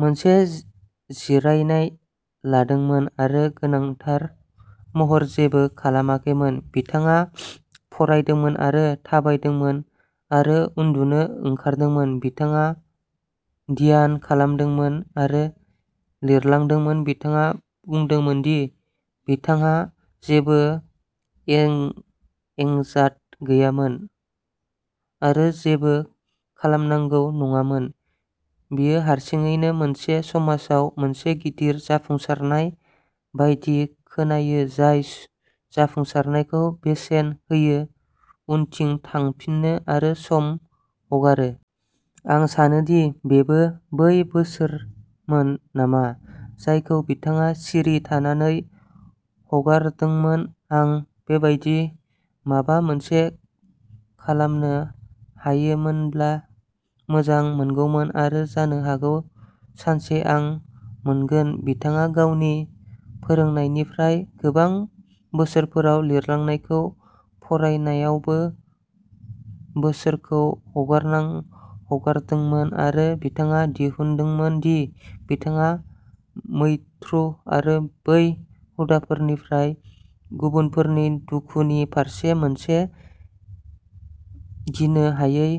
मोनसे जिरायनाय लादोंमोन आरो गोनांथार महरै जेबो खालामाखैमोन। बिथाङा फरायदोंमोन आरो थाबायदोंमोन आरो उन्दुनो ओंखारदोंमोन। बिथाङा ध्यान खालामदोंमोन आरो लिरदोंमोन। बिथाङा बुंदोंमोन दि बिथांहा जेबो एजेन्डा गैयामोन, आरो जेबो खालामनांगौबो नङामोन। बेयो हारसिङैनो मोनसे समाजाव मोनसे गिदिर जाफुंसारनाय बायदि खोनायो, जाय जाफुंसारनायखौ बेसेन होयो, उनथिं थांफिनो आरो सम हगारो। आं सानो दि बेबो बै बोसोरमोन नामा जायखौ बिथाङा सिरि थानानै हगारदोंमोन। आं बेबादि माबा मोनसे खालामनो हायोमोनब्ला मोजां मोनगौमोन आरो जानो हागौ सानसे आं मोनगोन। बिथाङा गावनि फोरोंनायनिफ्राय गोबां बोसोरफोराव लिरनायफोरखौ फरायनायावबो बोसोरखौ हगारदोंमोन आरो बिथाङा दिहुनदोंमोन दि बिथाङा मैत्री आरो बै हुदानिफ्राय, गुबुनफोरनि दुखुनि फारसे मोनसे गिनो हायै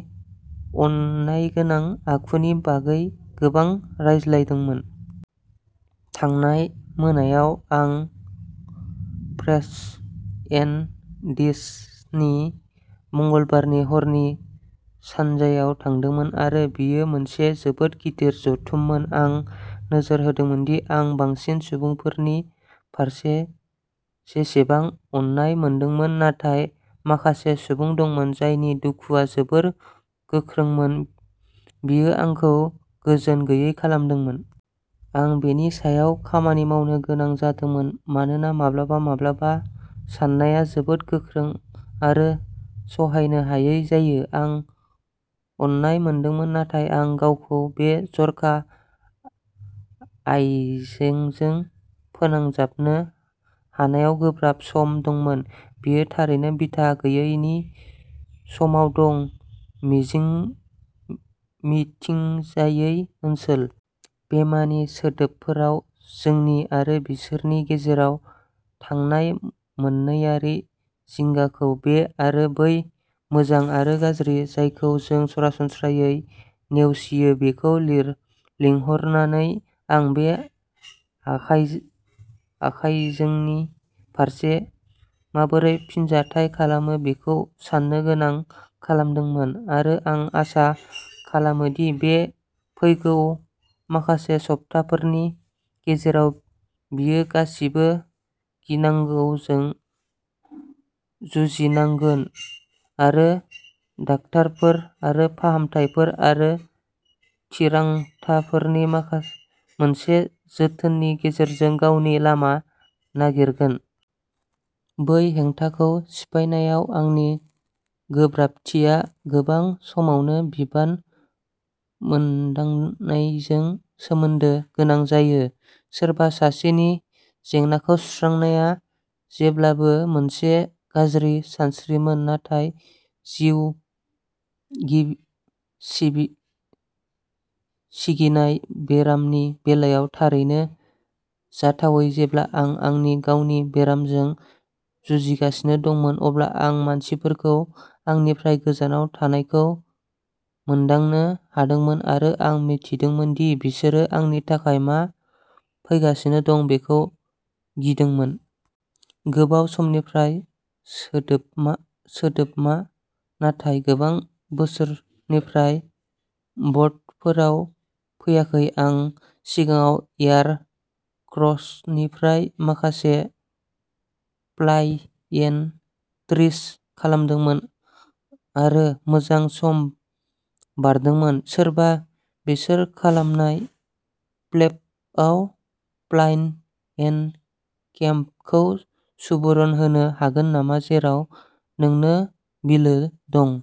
अननायगोनां आखुनि बागै गोबां रायज्लायदोंमोन। थांनाय मोनायाव आं फ्रेंड्स इन डीडनि मंगलबारनि हरनि हानजायाव थांदोंमोन आरो बेयो मोनसे जोबोद गिदिर जथुममोन आं नोजोर होदोंमोन दि आं बांसिन सुबुंफोरनि फारसे बेसेबां अननाय मोनदोंमोन, नाथाय सासे सुबुं दंमोन जायनि दुखुआ जोबोद गोख्रोंमोन, बियो आंखौ गोजोन गैयै खालामदोंमोन। आं बेनि सायाव खामानि मावनो गोनां जादोंमोन, मानोना माब्लाबा माब्लाबा सानायआ जोबोद गोख्रों आरो सहायनो हायै जायो। आं अननाय मोनदोंमोन, नाथाय आं गावखौ बे जर'खा आयजोजों फोनांजाबनो हानायाव गोब्राब सम दंमोन। बियो थारैनो बिथा गैयै नि समाव दं-मिथिजायै ओनसोल। पेमानि सोदोबफोराव, जोंनि आरो बिसोरनि गेजेराव थानाय मोन्नैआरि जिंगाखौ, बे आरो बै, मोजां आरो गाज्रि, जायखौ जों सरासनस्रायै नेवसियो बेखौ लिंहरनानै आं बे आइजोनि फारसे माबोरै फिनजाथाय खालामो बेखौ साननो गोनां खालामदोंमोन। आरो आं आसा खालामो दि बे फैगौ माखासे सप्ताफोरनि गेजेराव, बियो गासिबो गिनांगौजों जुजिनांगोन आरो डाक्टारफोर आरो फाहामथायफोर आरो थिरांथाफोरनि मोनसे जेथोनि गेजेरजों गावनि लामा नागिरगोन। बै हेंथाखौ सिफायनायाव आंनि गोब्राबथिया गोबां समावनो बिबान मोनदांनायजों सोमोन्दो गोनां जायो। सोरबा सासेनि जेंनाखौ सुस्रांनाया जेब्लाबो मोनसे गाज्रि सानस्रिमोन, नाथाय जिउ सिगिनाय बेरामनि बेलायाव थारैनो जाथावै जेब्ला आं आंनि गावनि बेरामजों जुजिगासिनो दंमोन, अब्ला आं मानसिफोरखौ आंनिफ्राय गोजानाव थानायखौ मोनदांनो हादोंमोन, आरो आं मिथिदोंमोन दि बिसोर आंनि थाखाय मा फैगासिनो दं बेखौ गिदोंमोन। गोबाव समनि सोद्रोमा नाथाय गोबां बोसोरनिफ्राय बर्डफोराव फैयाखै। आं सिगाङाव एयार क'क्रेननिफ्राय माखासे फ्लाइ-इन ट्रिप्स खालामदोंमोन आरो मोजां सम बारदोंमोन। सोरबा बिसोर खालामनाय केम्पआव फ्लाइ इन केम्पखौ सुबुरुन होनो हागोन नामा, जेराव नोंनो बिलो दं?